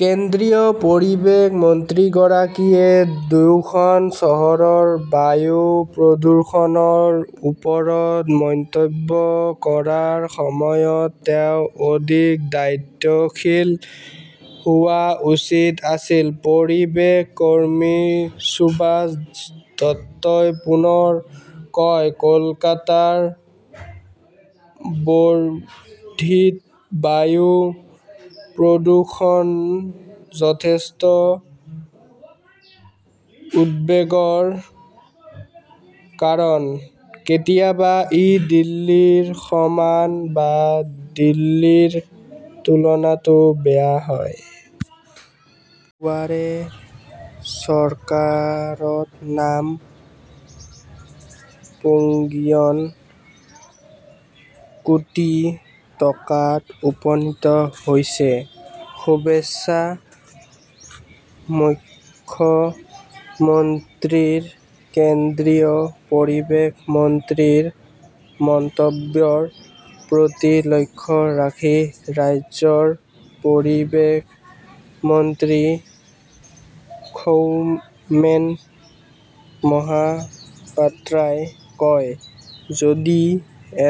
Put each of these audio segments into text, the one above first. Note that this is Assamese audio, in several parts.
কেন্দ্ৰীয় পৰিৱেশ মন্ত্ৰীগৰাকীয়ে দুয়োখন চহৰৰ বায়ু প্ৰদূষণৰ ওপৰত মন্তব্য কৰাৰ সময়ত তেওঁ অধিক দায়িত্বশীল হোৱা উচিত আছিল। পৰিৱেশ কৰ্মী সুভাষ দত্তই পুনৰ কয় কলকাতাৰ বৰ্ধিত বায়ু প্ৰদূষণ যথেষ্ট উদ্বেগৰ কাৰণ। কেতিয়াবা ই দিল্লীৰ সমান বা দিল্লীৰ তুলনাতো বেয়া হয়। দুৱাৰে চৰকাৰত নাম পঞ্জীয়ন কোটি টকাত উপনীত হৈছে, শুভেচ্ছা মুখ্যমন্ত্ৰীৰ কেন্দ্ৰীয় পৰিৱেশ মন্ত্ৰীৰ মন্তব্যৰ প্ৰতি লক্ষ্য ৰাখি ৰাজ্যৰ পৰিৱেশ মন্ত্ৰী সৌমেন মহাপাত্ৰাই কয় যদি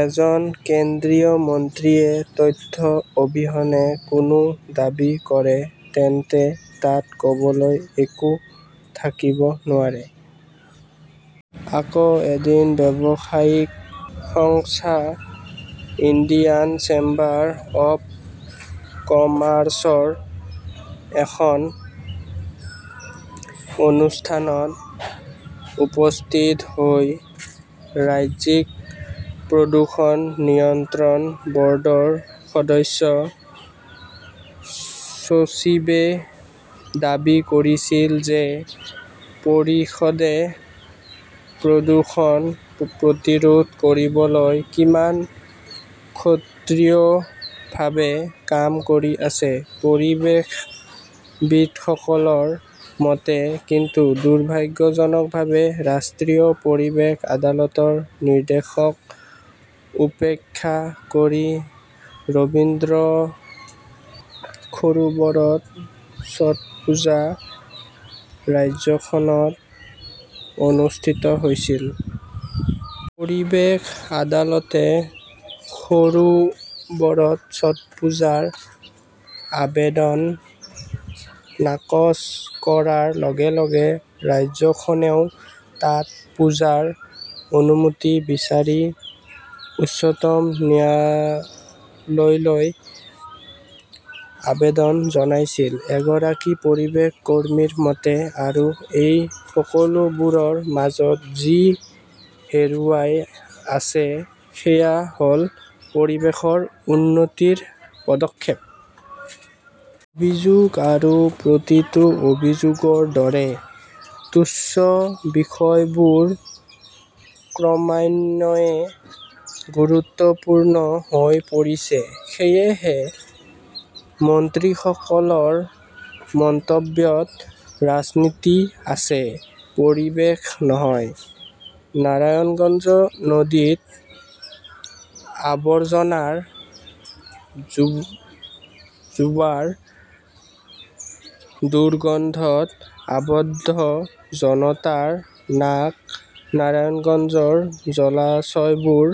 এজন কেন্দ্ৰীয় মন্ত্ৰীয়ে তথ্য অবিহনে কোনো দাবী কৰে তেন্তে তাত ক'বলৈ একো থাকিব নোৱাৰে। আকৌ এদিন ব্যৱসায়িক সংস্থা ইণ্ডিয়ান চেম্বাৰ অৱ কমাৰ্চৰ এখন অনুষ্ঠানত উপস্থিত হৈ ৰাজ্যিক প্ৰদূষণ নিয়ন্ত্ৰণ বৰ্ডৰ সদস্য-সচিবে দাবী কৰিছিল যে পৰিষদে প্ৰদূষণ প্ৰতিৰোধ কৰিবলৈ কিমান সক্ৰিয়ভাৱে কাম কৰি আছে। পৰিৱেশবিদসকলৰ মতে, কিন্তু দুৰ্ভাগ্যজনকভাৱে ৰাষ্ট্ৰীয় পৰিৱেশ আদালতৰ নিৰ্দেশক উপেক্ষা কৰি ৰবীন্দ্ৰ সৰোবৰত ছটপুজা ৰাজ্যখনত অনুষ্ঠিত হৈছিল। পৰিৱেশ আদালতে সৰোবৰত ছটপুজাৰ আবেদন নাকচ কৰাৰ লগে -লগে ৰাজ্যখনেও তাত পূজাৰ অনুমতি বিচাৰি উচ্চতম ন্যায়ালয়লৈ আবেদন জনাইছিল। এগৰাকী পৰিৱেশ কৰ্মীৰ মতে, আৰু এই সকলোবোৰৰ মাজত যি হেৰুৱাই আছে সেয়া হ'ল পৰিৱেশৰ উন্নতিৰ পদক্ষেপ। অভিযোগ আৰু প্ৰতিটো অভিযোগৰ দৰে তুচ্ছ বিষয়বোৰ ক্ৰমান্বয়ে গুৰুত্বপূৰ্ণ হৈ পৰিছে। সেয়েহে মন্ত্ৰীসকলৰ মন্তব্যত ৰাজনীতি আছে, পৰিৱেশ নহয়। নাৰায়ণগঞ্জ নদীত আবৰ্জনাৰ জোৱাৰ, দুৰ্গন্ধত আবদ্ধ জনতাৰ নাক নাৰায়ণগঞ্জৰ জলাশয়বোৰ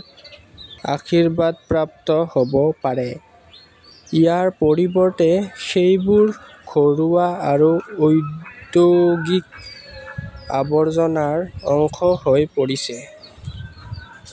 আশীৰ্বাদপ্ৰাপ্ত হ'ব পাৰে। ইয়াৰ পৰিৱৰ্তে সেইবোৰ ঘৰুৱা আৰু ঔদ্যোগিক আৱৰ্জনাৰ অংশ হৈ পৰিছে।